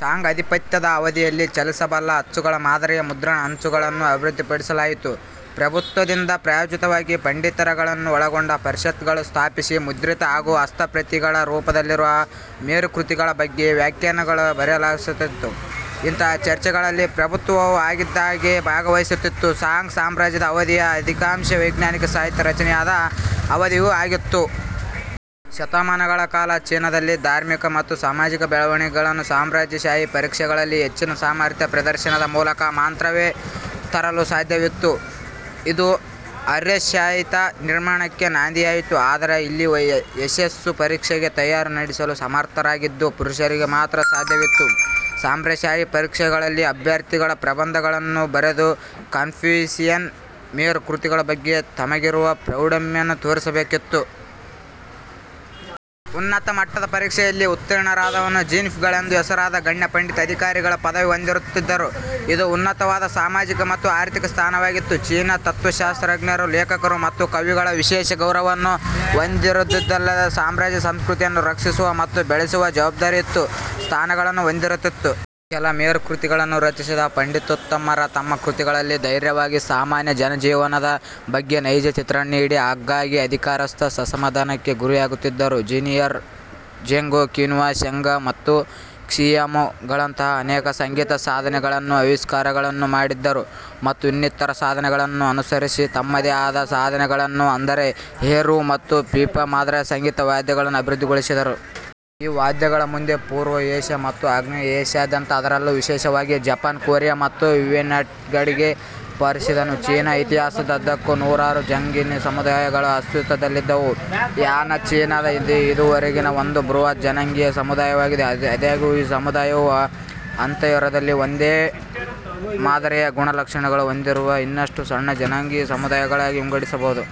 Song ಅಧಿಪತ್ಯ ದ ಅವಧಿಯಲ್ಲಿ ಚಲಿಸಬಲ್ಲ ಅಚ್ಚುಗಳ ಮಾದರಿಯ ಮುದ್ರಣ ಅಚ್ಚು ಗಳನ್ನು ಅಭಿವೃದ್ಧಿಪಡಿಸಲಾಯಿತು. ಪ್ರಭುತ್ವದಿಂದ ಪ್ರಾಯೋಜಿತವಾಗಿ ಪಂಡಿತರುಗಳನ್ನು ಒಳಗೊಂಡ ಪರಿಷತ್ತುಗಳನ್ನು ಸ್ಥಾಪಿಸಿ, ಮುದ್ರಿತ ಹಾಗೂ ಹಸ್ತಪ್ರತಿಗಳ ರೂಪದಲ್ಲಿರುವ ಮೇರುಕೃತಿಗಳ ಬಗ್ಗೆ ವ್ಯಾಖ್ಯಾನಗಳನ್ನು ಬರೆಸಲಾಗುತ್ತಿತ್ತು. ಇಂತಹಾ ಚರ್ಚೆಗಳಲ್ಲಿ ಪ್ರಭುತ್ವವೂ ಆಗಿಂದ್ದಾಗ್ಗೆ ಭಾಗವಹಿಸುತ್ತಿತ್ತು. ಸಾಂಗ್ ಸಾಮ್ರಾಜ್ಯದ ಅವಧಿಯು ಅಧಿಕಾಂಶ ವೈಜ್ಞಾನಿಕ ಸಾಹಿತ್ಯ ರಚನೆಯಾದ ಅವಧಿಯೂ ಆಗಿತ್ತು. ಶತಮಾನಗಳ ಕಾಲ ಚೀನಾದಲ್ಲಿ ಧಾರ್ಮಿಕ ಮತ್ತು ಸಾಮಾಜಿಕ ಬೆಳವಣಿಗೆಗಳನ್ನು ಸಾಮ್ರಾಜ್ಯಶಾಹಿ ಪರೀಕ್ಷೆಗಳಲ್ಲಿ ಹೆಚ್ಚಿನ ಸಾಮರ್ಥ್ಯ ಪ್ರದರ್ಶನದ ಮೂಲಕ ಮಾತ್ರವೇ ತರಲು ಸಾಧ್ಯವಿತ್ತು. ಇದು ಅರ್ಹತಾಶಾಹಿಯ ನಿರ್ಮಾಣಕ್ಕೆ ನಾಂದಿಯಾಯಿತು. ಆದರೆ ಇಲ್ಲಿ ಯಶಸ್ಸು ಪರೀಕ್ಷೆಗೆ ತಯಾರಿ ನಡೆಸಲು ಸಮರ್ಥರಾಗಿದ್ದ ಪುರುಷರಿಗೆ ಮಾತ್ರ ಸಾಧ್ಯವಿತ್ತು. ಸಾಮ್ರಾಜ್ಯಶಾಹಿ ಪರೀಕ್ಷೆಗಳಲ್ಲಿ ಅಭ್ಯರ್ಥಿಗಳು ಪ್ರಬಂಧಗಳನ್ನು ಬರೆದು ಕನ್ಫ್ಯೂಷಿಯಸ್ ಮೇರುಕೃತಿಗಳ ಬಗ್ಗೆ ತಮಗಿರುವ ಪ್ರೌಢಿಮೆಯನ್ನು ತೋರಿಸಬೇಕಿತ್ತು. ಉನ್ನತ ಮಟ್ಟದ ಪರೀಕ್ಷೆಯಲ್ಲಿ ಉತ್ತೀರ್ಣರಾದವರು ಜಿನ್ಷಿ ಗಳೆಂದು ಹೆಸರಾದ ಗಣ್ಯ ಪಂಡಿತ-ಅಧಿಕಾರಿಗಳ ಪದವಿ ಹೊಂದಿರುತ್ತಿದ್ದರು. ಇದು ಉನ್ನತವಾದ ಸಾಮಾಜಿಕ ಮತ್ತು ಆರ್ಥಿಕ ಸ್ಥಾನವಾಗಿತ್ತು. ಚೀನೀ ತತ್ವಶಾಸ್ತ್ರಜ್ಞರು, ಲೇಖಕರು ಮತ್ತು ಕವಿಗಳು ವಿಶೇಷ ಗೌರವವನ್ನು ಹೊಂದಿರುತ್ತಿದ್ದುದಲ್ಲದೇ, ಸಾಮ್ರಾಜ್ಯದ ಸಂಸ್ಕೃತಿಯನ್ನು ರಕ್ಷಿಸುವ ಮತ್ತು ಬೆಳೆಸುವ ಜವಾಬ್ದಾರಿಯುತ ಸ್ಥಾನಗಳನ್ನು ಹೊಂದಿರುತ್ತಿದ್ದರು. ಕೆಲ ಮೇರುಕೃತಿಗಳನ್ನು ರಚಿಸಿದ ಪಂಡಿತೋತ್ತಮರು, ತಮ್ಮ ಕೃತಿಗಳಲ್ಲಿ ಧೈರ್ಯವಾಗಿ ಸಾಮಾನ್ಯ ಜನಜೀವನದ ಬಗ್ಗೆ ನೈಜ ಚಿತ್ರಣ ನೀಡಿ, ಆಗ್ಗಾಗ್ಗೆ ಅಧಿಕಾರಸ್ಥರ ಅಸಮಾಧಾನಕ್ಕೆ ಗುರಿಯಾಗುತ್ತಿದ್ದರು. ಚೀನೀಯರು ಝೆಂಗ್, ಕ್ವಿನ್, ಷೆಂಗ್, ಮತ್ತು ಕ್ಸಿಯಾವೋ ಗಳಂತಹಾ ಅನೇಕ ಸಂಗೀತ ಸಾಧನ ಗಳನ್ನು ಆವಿಷ್ಕಾರಗಳನ್ನು ಮಾಡಿದ್ದರು, ಮತ್ತು ಇನ್ನಿತರ ಸಾಧನಗಳನ್ನು ಅನುಸರಿಸಿ ತಮ್ಮದೇ ಆದ ಸಾಧನಗಳನ್ನು, ಅಂದರೆ ಎರ್ಹೂ ಮತ್ತು ಪಿಪಾ ಮದರಿಯ ಸಂಗೀತ ವಾದ್ಯಗಳನ್ನು ಅಭಿವೃದ್ಧಿಗೊಳಿಸಿದರು. ಈ ವಾದ್ಯಗಳು ಮುಂದೆ ಪೂರ್ವ ಏಷ್ಯಾ ಮತ್ತು ಆಗ್ನೇಯ ಏಷ್ಯಾದಾದ್ಯಂತ, ಅದರಲ್ಲೂ ವಿಶೇಷವಾಗಿ ಜಪಾನ್, ಕೊರಿಯಾ, ಮತ್ತು ವಿಯೆಟ್ನಾಂಗಳೆಡೆಗೆ ಪಸರಿಸಿದವು. ಚೀನೀ ಇತಿಹಾಸದುದ್ದಕ್ಕೂ ನೂರಾರು ಜನಾಂಗೀಯ ಸಮುದಾಯ ಗಳು ಅಸ್ತಿತ್ವದಲ್ಲಿದ್ದವು. ಹ್ಯಾನ್ ಚೀನಾದ ಇದುವರೆಗಿನ ಒಂದು ಬೃಹತ್ ಜನಾಂಗೀಯ ಸಮುದಾಯವಾಗಿದೆ. ಆದಾಗ್ಯೂ ಈ ಸಮುದಾಯವು ಅಂತರ್ಯದಲ್ಲಿ ಮತ್ತು ಒಂದೇ ಮಾದರಿಯ ಗುಣ-ಲಕ್ಷಣಗಳನ್ನು ಹೊಂದಿರುವ ಇನ್ನಷ್ಟು ಸಣ್ಣ ಜನಾಂಗೀಯ ಸಮುದಾಯಗಳಾಗಿ ವಿಂಗಡಿಸಬಹುದು.